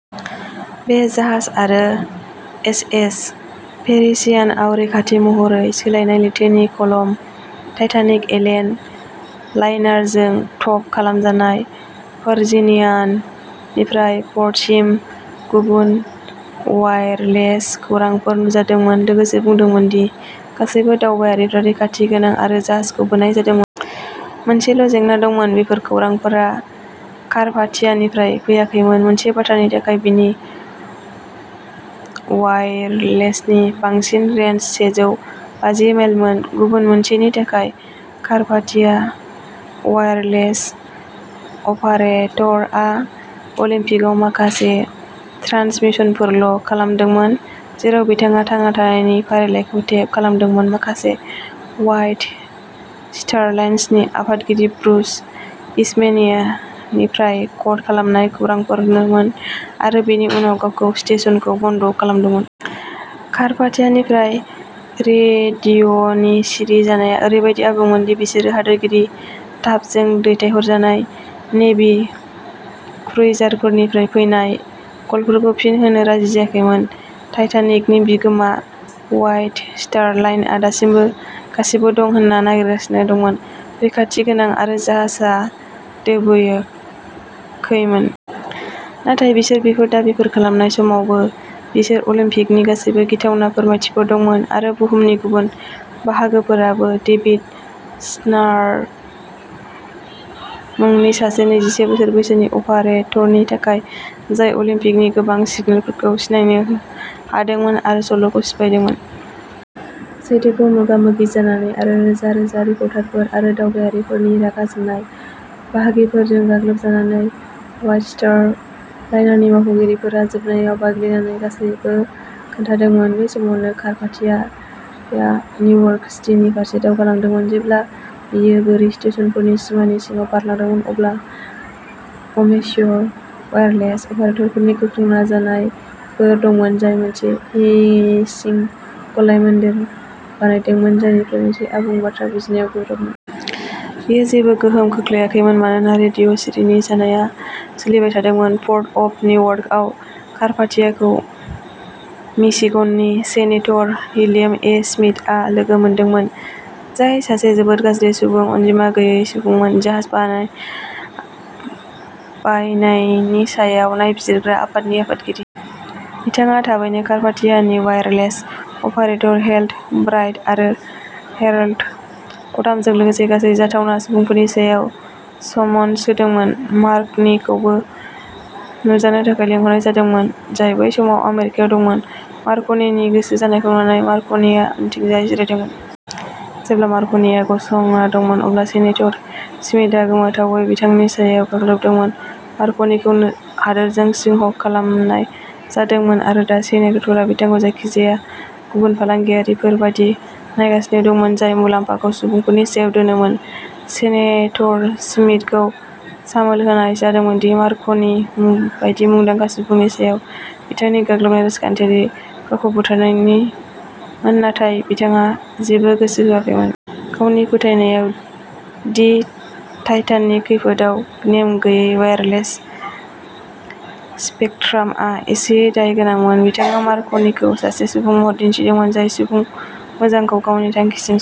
बे जाहाज आरो एस. एस. पेरिसियानआव रैखाथि महरै सोलायनाय। लैथोनि कलम टाइटानिक एलेन लाइनारजों ट'ब खालामजानाय भर्जिनियान निफ्राय पर्टसिम। गुबुन अवाइरलेस खौरांफोर नुजादोंमोन लोगोसे बुंदोंमोन दि गासैबो दावबायारिफ्रा रैखाथि गोनां, आरो जाहाजखौ बोनाय जादोंमोन। मोनसेल'जेंना दंमोन बेफोर खौरांफोरा कार्पाथियानिफ्राय फैयाखैमोन। मोनसे बाथ्रानि थाखाय बिनि अवाइरलेसनि बांसिन रेन्ज सेजौ बाजि माइलमोन। गुबुन मोनसेनि थाखाय, कार्पाथिया अवाइरलेस अपारेटरआ अलिम्पिकआव माखासे ट्रान्समिसनफोरल'खालामदोंमोन जेराव बिथाङा थांना थानायफोरनि फारिलाइखौ टेप खालामदोंमोन, माखासेआ व्हाइट स्टार लाइन्सनि आफादगिरि ब्रुस इस्मेनिफ्राय क'ड खालामनाय खौरांफोरमोन, आरो बिनि उनाव गावनि स्टेशनखौ बन्द खालामदोंमोन। "कार्पाथिया" निफ्राय रेडिय'नि सिरि जानाया ओरैबादि आबुंमोन दि बिसोरो हादोरगिरि टाफ्टजों दैथायहरजानाय नेभि क्रुइजारफोरनिफ्राय फैनाय कलफोरखौ फिन होनो राजि जायाखैमोन। टाइटानिकनि बिगोमा, व्हाइट स्टार लाइनआ दासिमबो गासिबो दं होनना नारसिनगासिनो दंमोन। रैखाथि गोनां आरो जाहाजआ दोबैयाखैमोन। नाथाय बिसोर बेफोर दाबिफोर खालामनाय समावबो, बिसोरनाव अलिम्पिकनि गासैबो गिथावना फोरमायथिफोर दंमोन। आरो बुहुमनि गुबुन बाहागोफोराबो, डेभिड सार्नफ मुंनि सासे नैजिसे बोसोर बैसोनि अपारेटरनि थाखाय, जाय अलिम्पिकनि लोरबां सिगनेलफोरखौ सिनायनो हादोंमोन आरो सल'खौ सिफायदोंमोन। सैथोखौ मोगा-मोगि जानानै आरो रोजा-रोजा रिपर्टारफोर आरो दावबायारिफोरनि रागा जोंनाय बाहागिफोरजों गाग्लोबजानानै, व्हाइट स्टार लाइनारनि मावख'गिरिफोरा जोबनायाव बायग्लिनानै गासिबो खिन्थादोंमोन। बे समावनो, कार्पाथियाआ निउयर्क सिटिनि फारसे दावगालांदोंमोन। जेब्ला बियो बोरि स्टेशनफोरनि सिमानि सिङाव बारलांदोंमोन, अब्ला अमेच्योर अवाइरलेस अपारेटरफोरनि गोख्रों नाजानायफोर दंमोन जाय मोनसे हिसिं गलायमोनदेर बानायदोंमोन जायनिफ्राय मोनसे आबुं बाथ्रा बुजिनायाव गोब्राबमोन। बेयो जेबो गोहोम खोख्लैयाखैमोन मानोना रेडिय'नि सिरि जानाया सोलिबाय थादोंमोन। पर्ट अफ निउयर्कआव, कार्पाथियाखौ मिशिगननि सेनेटर विलियम ए. स्मिथआ लोगो मोनदोंमोन, जाय सासे जेबो गाज्रि सुबुं अनजिमा गैयै सुबुंमोन। जाहाज बानाय बायनायनि सायाव नायबिजिरग्रा आफादनि आफादगिरि। बिथाङा थाबैनो कार्पाथियानि वायरलेस अपारेटर हेरल्ड ब्राइड आरो हेरल्ड कटामजों लोगोसे गासै जाथावना सुबुंफोरनि सायाव समन्स होदोंमोन। मार्क'नीखौबो नुजानो थाखाय लिंहरनाय जादोंमोन, जाय बै समाव आमेरिकायाव दंमोन। मार्क'नीनि गोसो जानायखौ नुनानै मार्क'नीआ उनथिंजाय जिरायदोंमोन। जेब्ला मार्क'नीआ गसंना दंमोन अब्ला सेनेटर स्मिथआ गोमोथावै बिथांनि सायाव गाग्लोबदोंमोन। मार्क'नीखौ हादोरजों सिंह खालामनाय जादोंमोन आरो दा सेनेटरआ बिथांखौ जायखिजाया गुबुन फालांगियारिफोर बायदि नायगासिनो दंमोन, जाय मुलाम्फाखौ सुबुंफोरनि सायाव दोनोमोन। सेनेटर स्मिथखौ सामोल होनाय जादोंमोन दि मार्क'नी बायदि मुंदांखा सुबुंनि सायाव बिथांनि गाग्लोबनाया राजखान्थियारि गावखौ बुथारनायमोन, नाथाय बिथाङा जेबो गोसो होआखैमोन। गावनि फोथायनायाव दि टाइटानिक खैफोदआव नेम गैयै वायरलेस स्पेकट्रामआ एसेयै दाय गोनांमोन, बिथाङा मार्क'नीखौ सासे सुबुं महरै दिन्थिदोंमोन, जाय सुबुं मोजांखौ गावनि थांखिसिम सोनारोमोन।